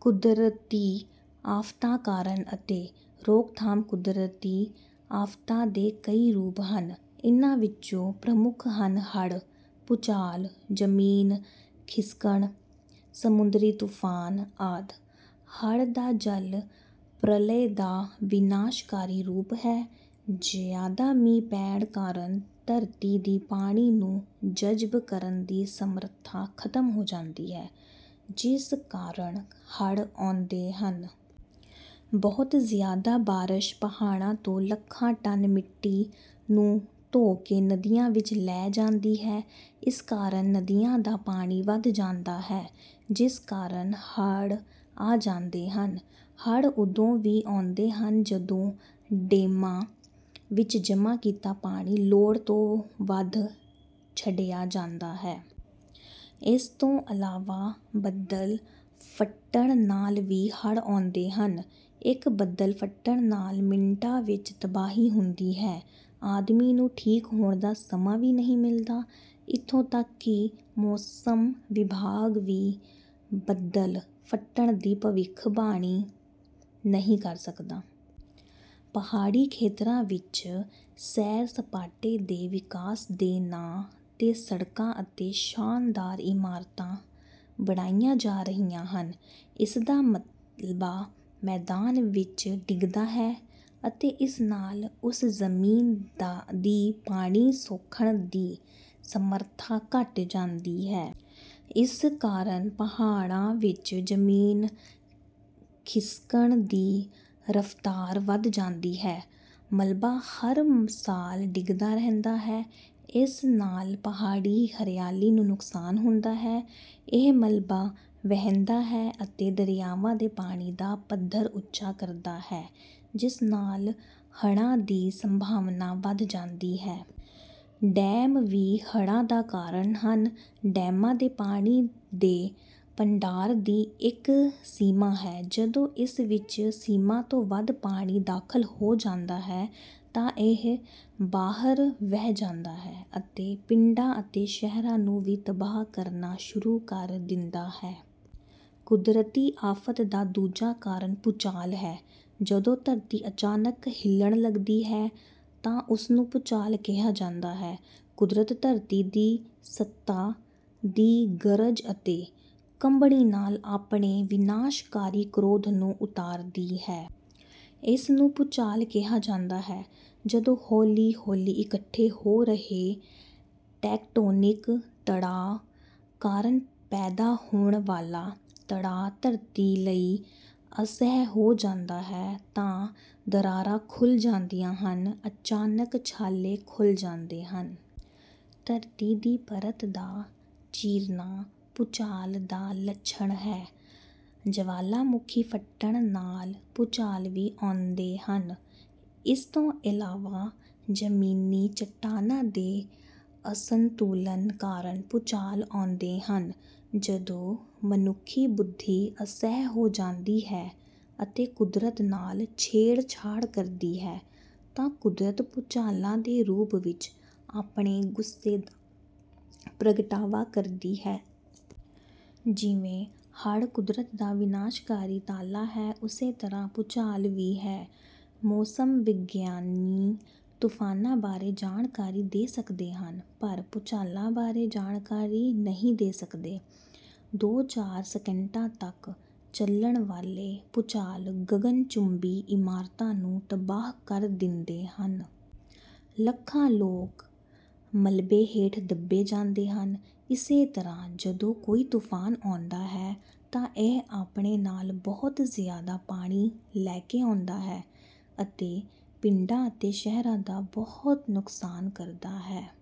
ਕੁਦਰਤੀ ਆਫ਼ਤਾਂ-ਕਾਰਨ ਅਤੇ ਰੋਕਥਾਮ ਕੁਦਰਤੀ ਆਫ਼ਤਾਂ ਦੇ ਕਈ ਰੂਪ ਹਨ। ਇਨ੍ਹਾਂ ਵਿੱਚੋਂ ਪ੍ਰਮੁੱਖ ਹਨ ਹੜ੍ਹ, ਭੂਚਾਲ, ਜ਼ਮੀਨ ਖਿਸਕਣ, ਸਮੁੰਦਰੀ ਤੂਫ਼ਾਨ ਆਦਿ। ਹੜ੍ਹ ਦਾ ਜਲ ਪ੍ਰਲਯ ਦਾ ਵਿਨਾਸ਼ਕਾਰੀ ਰੂਪ ਹੈ। ਜ਼ਿਆਦਾ ਮੀਂਹ ਪੈਣ ਕਾਰਨ ਧਰਤੀ ਦੀ ਪਾਣੀ ਨੂੰ ਜਜ਼ਬ ਕਰਨ ਦੀ ਸਮਰੱਥਾ ਖਤਮ ਹੋ ਜਾਂਦੀ ਹੈ, ਜਿਸ ਕਾਰਨ ਹੜ੍ਹ ਆਉਂਦੇ ਹਨ। ਬਹੁਤ ਜ਼ਿਆਦਾ ਬਾਰਸ਼ ਪਹਾੜਾਂ ਤੋਂ ਲੱਖਾਂ ਟਨ ਮਿੱਟੀ ਨੂੰ ਧੋ ਕੇ ਨਦੀਆਂ ਵਿੱਚ ਲੈ ਜਾਂਦੀ ਹੈ। ਇਸ ਕਾਰਨ ਨਦੀਆਂ ਦਾ ਪਾਣੀ ਵੱਧ ਜਾਂਦਾ ਹੈ ਜਿਸ ਕਾਰਨ ਹੜ੍ਹ ਆ ਜਾਂਦੇ ਹਨ। ਹੜ੍ਹ ਉਦੋਂ ਵੀ ਆਉਂਦੇ ਹਨ ਜਦੋਂ ਡੈਮਾਂ ਵਿੱਚ ਜਮਾਂ ਕੀਤਾ ਪਾਣੀ ਲੋੜ ਤੋਂ ਵੱਧ ਛੱਡਿਆ ਜਾਂਦਾ ਹੈ। ਇਸ ਤੋਂ ਇਲਾਵਾ ਬੱਦਲ ਫੱਟਣ ਨਾਲ ਵੀ ਹੜ੍ਹ ਆਉਂਦੇ ਹਨ। ਇੱਕ ਬੱਦਲ ਫਟਣ ਨਾਲ ਮਿੰਟਾਂ ਵਿੱਚ ਤਬਾਹੀ ਹੁੰਦੀ ਹੈ। ਆਦਮੀ ਨੂੰ ਠੀਕ ਹੋਣ ਦਾ ਸਮਾਂ ਵੀ ਨਹੀਂ ਮਿਲਦਾ। ਇੱਥੋਂ ਤੱਕ ਕਿ ਮੌਸਮ ਵਿਭਾਗ ਵੀ ਬੱਦਲ ਫਟਣ ਦੀ ਭਵਿੱਖਬਾਣੀ ਨਹੀਂ ਕਰ ਸਕਦਾ। ਪਹਾੜੀ ਖੇਤਰਾਂ ਵਿੱਚ ਸੈਰ-ਸਪਾਟੇ ਦੇ ਵਿਕਾਸ ਦੇ ਨਾਂ 'ਤੇ ਸੜਕਾਂ ਅਤੇ ਸ਼ਾਨਦਾਰ ਇਮਾਰਤਾਂ ਬਣਾਈਆਂ ਜਾ ਰਹੀਆਂ ਹਨ। ਇਸ ਦਾ ਮਲਬਾ ਮੈਦਾਨ ਵਿੱਚ ਡਿੱਗਦਾ ਹੈ ਅਤੇ ਇਸ ਨਾਲ ਉਸ ਜ਼ਮੀਨ ਦੀ ਪਾਣੀ ਸੋਖਣ ਦੀ ਸਮਰੱਥਾ ਘਟ ਜਾਂਦੀ ਹੈ। ਇਸ ਕਾਰਨ ਪਹਾੜਾਂ ਵਿੱਚ ਜ਼ਮੀਨ ਖਿਸਕਣ ਦੀ ਰਫ਼ਤਾਰ ਵੱਧ ਜਾਂਦੀ ਹੈ। ਮਲਬਾ ਹਰ ਸਾਲ ਡਿੱਗਦਾ ਰਹਿੰਦਾ ਹੈ। ਇਸ ਨਾਲ ਪਹਾੜੀ ਹਰਿਆਲੀ ਨੂੰ ਨੁਕਸਾਨ ਹੁੰਦਾ ਹੈ। ਇਹ ਮਲਬਾ ਵਹਿੰਦਾ ਹੈ ਅਤੇ ਦਰਿਆਵਾਂ ਦੇ ਪਾਣੀ ਦਾ ਪੱਧਰ ਉੱਚਾ ਕਰਦਾ ਹੈ, ਜਿਸ ਨਾਲ ਹੜ੍ਹਾਂ ਦੀ ਸੰਭਾਵਨਾ ਵਧ ਜਾਂਦੀ ਹੈ। ਡੈਮ ਵੀ ਹੜ੍ਹਾਂ ਦਾ ਕਾਰਨ ਹਨ। ਡੈਮਾਂ ਦੇ ਪਾਣੀ ਦੇ ਭੰਡਾਰ ਦੀ ਇੱਕ ਸੀਮਾ ਹੈ। ਜਦੋਂ ਇਸ ਵਿੱਚ ਸੀਮਾ ਤੋਂ ਵੱਧ ਪਾਣੀ ਦਾਖਲ ਹੋ ਜਾਂਦਾ ਹੈ, ਤਾਂ ਇਹ ਬਾਹਰ ਵਹਿ ਜਾਂਦਾ ਹੈ ਅਤੇ ਪਿੰਡਾਂ ਅਤੇ ਸ਼ਹਿਰਾਂ ਨੂੰ ਵੀ ਤਬਾਹ ਕਰਨਾ ਸ਼ੁਰੂ ਕਰ ਦਿੰਦਾ ਹੈ। ਕੁਦਰਤੀ ਆਫ਼ਤ ਦਾ ਦੂਜਾ ਕਾਰਨ ਭੂਚਾਲ ਹੈ। ਜਦੋਂ ਧਰਤੀ ਅਚਾਨਕ ਹਿੱਲਣ ਲੱਗਦੀ ਹੈ ਤਾਂ ਉਸ ਨੂੰ ਭੂਚਾਲ ਕਿਹਾ ਜਾਂਦਾ ਹੈ। ਕੁਦਰਤ ਧਰਤੀ ਦੀ ਸਤ੍ਹਾ ਦੀ ਗਰਜ ਅਤੇ ਕੰਬਣੀ ਨਾਲ ਆਪਣੇ ਵਿਨਾਸ਼ਕਾਰੀ ਕ੍ਰੋਧ ਨੂੰ ਉਤਾਰਦੀ ਹੈ। ਇਸ ਨੂੰ ਭੂਚਾਲ ਕਿਹਾ ਜਾਂਦਾ ਹੈ। ਜਦੋਂ ਹੌਲੀ-ਹੌਲੀ ਇਕੱਠੇ ਹੋ ਰਹੇ ਟੈਕਟੋਨਿਕ ਤਣਾਅ ਕਾਰਨ ਪੈਦਾ ਹੋਣ ਵਾਲਾ ਤਣਾਅ ਧਰਤੀ ਲਈ ਅਸਹਿ ਹੋ ਜਾਂਦਾ ਹੈ, ਤਾਂ ਦਰਾਰਾਂ ਖੁੱਲ੍ਹ ਜਾਂਦੀਆਂ ਹਨ। ਅਚਾਨਕ ਛਾਲੇ ਖੁੱਲ੍ਹ ਜਾਂਦੇ ਹਨ। ਧਰਤੀ ਦੀ ਪਰਤ ਦਾ ਚੀਰਨਾ ਭੂਚਾਲ ਦਾ ਲੱਛਣ ਹੈ। ਜਵਾਲਾਮੁਖੀ ਫਟਣ ਨਾਲ ਭੂਚਾਲ ਵੀ ਆਉਂਦੇ ਹਨ। ਇਸ ਤੋਂ ਇਲਾਵਾ ਜ਼ਮੀਨੀ ਚੱਟਾਨਾਂ ਦੇ ਅਸੰਤੁਲਨ ਕਾਰਨ ਭੂਚਾਲ ਆਉਂਦੇ ਹਨ। ਜਦੋਂ ਮਨੁੱਖੀ ਬੁੱਧੀ ਅਸਹਿ ਹੋ ਜਾਂਦੀ ਹੈ ਅਤੇ ਕੁਦਰਤ ਨਾਲ ਛੇੜਛਾੜ ਕਰਦੀ ਹੈ ਤਾਂ ਕੁਦਰਤ ਭੁਚਾਲਾਂ ਦੇ ਰੂਪ ਵਿੱਚ ਆਪਣੇ ਗੁੱਸੇ ਦਾ ਪ੍ਰਗਟਾਵਾ ਕਰਦੀ ਹੈ। ਜਿਵੇਂ ਹੜ੍ਹ ਕੁਦਰਤ ਦਾ ਵਿਨਾਸ਼ਕਾਰੀ ਤਾਲਾ ਹੈ, ਉਸੇ ਤਰ੍ਹਾਂ ਭੂਚਾਲ ਵੀ ਹੈ। ਮੌਸਮ ਵਿਗਿਆਨੀ ਤੂਫਾਨਾਂ ਬਾਰੇ ਜਾਣਕਾਰੀ ਦੇ ਸਕਦੇ ਹਨ ਪਰ ਭੂਚਾਲਾਂ ਬਾਰੇ ਜਾਣਕਾਰੀ ਨਹੀਂ ਦੇ ਸਕਦੇ। ਦੋ-ਚਾਰ ਸਕਿੰਟਾਂ ਤੱਕ ਚੱਲਣ ਵਾਲੇ ਭੁਚਾਲ ਗਗਨਚੁੰਬੀ ਇਮਾਰਤਾਂ ਨੂੰ ਤਬਾਹ ਕਰ ਦਿੰਦੇ ਹਨ। ਲੱਖਾਂ ਲੋਕ ਮਲਬੇ ਹੇਠ ਦੱਬੇ ਜਾਂਦੇ ਹਨ। ਇਸੇ ਤਰ੍ਹਾਂ ਜਦੋਂ ਕੋਈ ਤੂਫਾਨ ਆਉਂਦਾ ਹੈ ਤਾਂ ਇਹ ਆਪਣੇ ਨਾਲ ਬਹੁਤ ਜ਼ਿਆਦਾ ਪਾਣੀ ਲੈ ਕੇ ਆਉਂਦਾ ਹੈ ਅਤੇ ਪਿੰਡਾਂ ਅਤੇ ਸ਼ਹਿਰਾਂ ਦਾ ਬਹੁਤ ਨੁਕਸਾਨ ਕਰਦਾ ਹੈ।